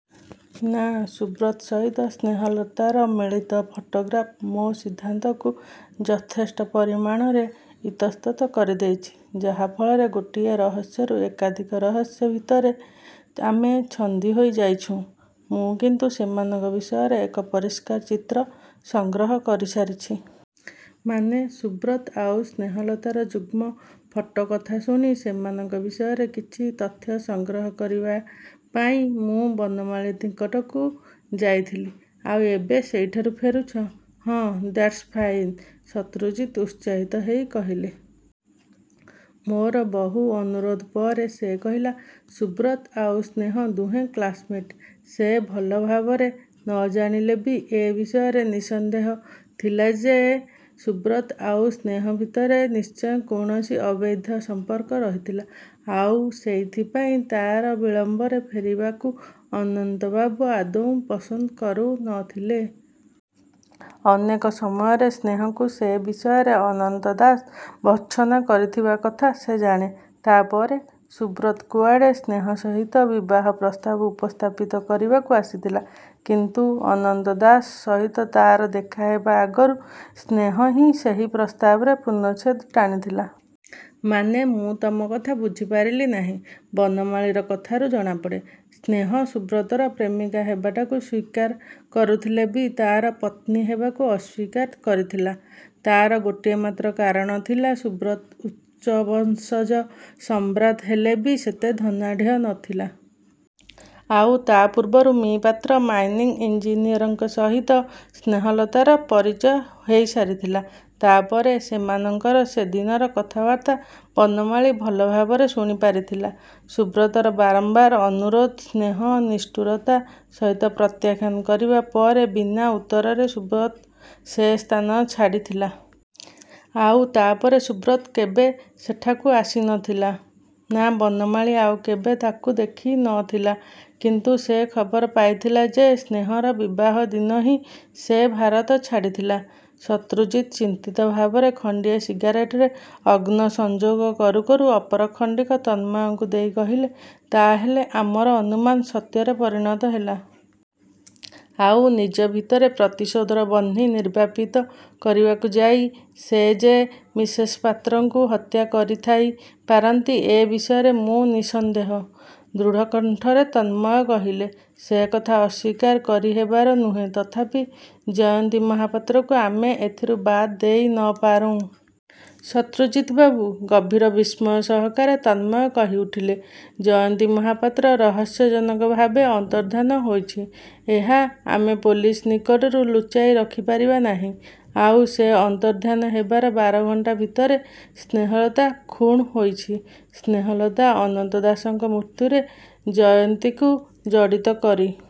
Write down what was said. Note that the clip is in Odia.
' 'ନା। ସୁବ୍ରତ ସହିତ ସ୍ନେହଲତାର ମିଳିତ ଫଟୋଗ୍ରାଫ୍ ମୋ ସିଦ୍ଧାନ୍ତକୁ ଯଥେଷ୍ଟ ପରିମାଣରେ ଇତସ୍ତତଃ କରିଦେଇଛି, ଯାହା ଫଳରେ ଗୋଟିଏ ରହସ୍ୟରୁ ଏକାଧିକ ରହସ୍ୟ ଭିତରେ ଆମେ ଛନ୍ଦି ହୋଇ ଯାଇଛୁଁ। ' 'ମୁଁ କିନ୍ତୁ ସେମାନଙ୍କ ବିଷୟରେ ଏକ ପରିଷ୍କାର ଚିତ୍ର ସଂଗ୍ରହ କରିସାରିଛି। ' 'ମାନେ.? ' 'ସୁବ୍ରତ ଆଉ ସ୍ନେହଲତାର ଯୁଗ୍ନ ଫଟୋ କଥା ଶୁଣି, ସେମାନଙ୍କ ବିଷୟରେ କିଛି ତଥ୍ୟ ସଂଗ୍ରହ କରିବାପାଇଁ ମୁଁ ବନମାଳୀ ନିକଟକୁ ଯାଇଥିଲି। ' 'ଆଉ ଏବେ ସେଇଠାରୁ ଫେରୁଛ? ' 'ହଁ। ' 'ଦ୍ୟାଟ୍ସ ଫାଇନ୍! ' ଶତ୍ରୁଜିତ ଉତ୍ସାହିତ ହେଇ କହିଲେ। 'ମୋର ବହୁ ଅନୁରୋଧ ପରେ ସେ କହିଲା, ସୁବ୍ରତ ଆଉ ସ୍ନେହ ଦୁହେଁ କ୍ଲାସମେଟ୍। ସେ ଭଲ ଭାବରେ ନ ଜାଣିଲେ ବି ଏ ବିଷୟରେ ନିଃସନ୍ଦେହ ଥିଲା ଯେ ସୁବ୍ରତ ଆଉ ସ୍ନେହ ଭିତରେ ନିଶ୍ଚୟ କୌଣସି ଅବୈଧ ସଂପର୍କ ରହିଥିଲା। ଆଉ ସେଇଥିପାଇଁ ତାର ବିଳମ୍ବରେ ଫେରିବାକୁ ଅନନ୍ତବାବୁ ଆଦୌ ପସନ୍ଦ କରୁ ନ ଥିଲେ। ଅନେକ ସମୟରେ ସ୍ନେହକୁ ସେ ବିଷୟରେ ଅନନ୍ତ ଦାସ ଭର୍ତ୍ସନା କରିଥିବା କଥା ସେ ଜାଣେ। ' 'ତାପରେ? ' 'ସୁବ୍ରତ କୁଆଡ଼େ ସ୍ନେହ ସହିତ ବିବାହ ପ୍ରସ୍ତାବ ଉପସ୍ଥାପିତ କରିବାକୁ ଆସିଥିଲା। କିନ୍ତୁ ଅନନ୍ତ ଦାସଙ୍କ ସହିତ ତାର ଦେଖା ହେବା ଆଗରୁ ସ୍ନେହ ହିଁ ସେହି ପ୍ରସ୍ତାବରେ ପୂର୍ଣ୍ଣଛେଦ ଟାଣିଥିଲା। ' 'ମାନେ ମୁଁ ତମ କଥା ବୁଝିପାରିଲି ନାହିଁ। ' 'ବନମାଳୀର କଥାରୁ ଜଣାପଡ଼େ, ସ୍ନେହ ସୁବ୍ରତର ପ୍ରେମିକା ହେବାଟାକୁ ସ୍ୱୀକାର କରୁଥିଲେ ବି ତାର ପତ୍ନୀ ହେବାକୁ ଅସ୍ୱୀକାର କରିଥିଲା। ତାର ଗୋଟିଏ ମାତ୍ର କାରଣ ଥିଲା, ସୁବ୍ରତ ଉଚ୍ଚବଂଶଜ ସମ୍ଭ୍ରାନ୍ତ ହେଲେ ବି ସେତେ ଧନାଢ଼୍ୟ ନ ଥିଲା। ଆଉ ତା ପୂର୍ବରୁ ମି: ପାତ୍ର, ମାଇନିଙ୍ଗ ଇଂଜିନିୟରଙ୍କ ସହିତ ସ୍ନେହଲତାର ପରିଚୟ ହେଇସାରିଥିଲା। ' 'ତା'ପରେ.? ' 'ସେମାନଙ୍କର ସେଦିନର କଥାବାର୍ତ୍ତା ବନମାଳୀ ଭଲଭାବରେ ଶୁଣିପାରିଥିଲା। ସୁବ୍ରତର ବାରମ୍ବାର ଅନୁରୋଧ ସ୍ନେହ ନିଷ୍ଠୁରତା ସହିତ ପ୍ରତ୍ୟାଖ୍ୟାନ କରିବା ପରେ, ବିନା ଉତ୍ତରରେ ସୁବ୍ରତ ସେ ସ୍ଥାନ ଛାଡ଼ିଥିଲା। ' 'ଆଉ ତା ପରେ ସୁବ୍ରତ କେବେ ସେଠାକୁ ଆସି ନ ଥିଲା? ' 'ନା, ବନମାଳୀ ଆଉ କେବେ ତାକୁ ଦେଖି ନ ଥିଲା। କିନ୍ତୁ ସେ ଖବର ପାଇଥିଲା ଯେ ସ୍ନେହର ବିବାହ ଦିନ ହିଁ ସେ ଭାରତ ଛାଡ଼ି ଥିଲା। ' ଶତ୍ରୁଜିତ ଚିନ୍ତିତ ଭାବରେ ଖଣ୍ଡିଏ ସିଗାରେଟରେ ଅଗ୍ନ ସଂଯୋଗ କରୁ କରୁ ଅପର ଖଣ୍ଡିକ ତନ୍ମୟଙ୍କୁ ଦେଇ କହିଲେ, 'ତା'ହେଲେ ଆମର ଅନୁମାନ ସତ୍ୟରେ ପରିଣତ ହେଲା? ' 'ଆଉ ନିଜ ଭିତରେ ପ୍ରତିଶୋଧର ବହ୍ନି ନିର୍ବାପିତ କରିବାକୁ ଯାଇ ସେ ଯେ ମିସେସ ପାତ୍ରଙ୍କୁ ହତ୍ୟା କରିଥାଇ ପାରନ୍ତି ଏ ବିଷୟରେ ମୁଁ ନିଃସନ୍ଦେହ। ' ଦୃଢ଼ କଣ୍ଠରେ ତନ୍ମୟ କହିଲେ। ସେ କଥା ଅସ୍ୱୀକାର କରିହେବାର ନୁହେଁ, ତଥାପି ଜୟନ୍ତୀ ମହାପାତ୍ରକୁ ଆମେ ଏଥିରୁ ବାଦ ଦେଇ ନ ପାରୁଁ। ' 'ଶତ୍ରୁଜିତବାବୁ! ' ଗଭୀର ବିସ୍ମୟ ସହକାରେ ତନ୍ମୟ କହିଉଠିଲେ। 'ଜୟନ୍ତୀ ମହାପାତ୍ର ରହସ୍ୟଜନକଭାବେ ଅନ୍ତର୍ଦ୍ଧାନ ହୋଇଛି, ଏହା ଆମେ ପୋଲିସ ନିକଟରୁ ଲୁଚାଇ ରଖିପାରିବା ନାହିଁ। ଆଉ ସେ ଅନ୍ତର୍ଦ୍ଧାନ ହେବାର ବାର ଘଣ୍ଟା ଭିତରେ ସ୍ନେହଲତା ଖୁଣ୍ ହୋଇଛି। ସ୍ନେହଲତା ଅନନ୍ତ ଦାସଙ୍କ ମୃତ୍ୟୁରେ ଜୟନ୍ତୀକୁ ଜଡ଼ିତ କରି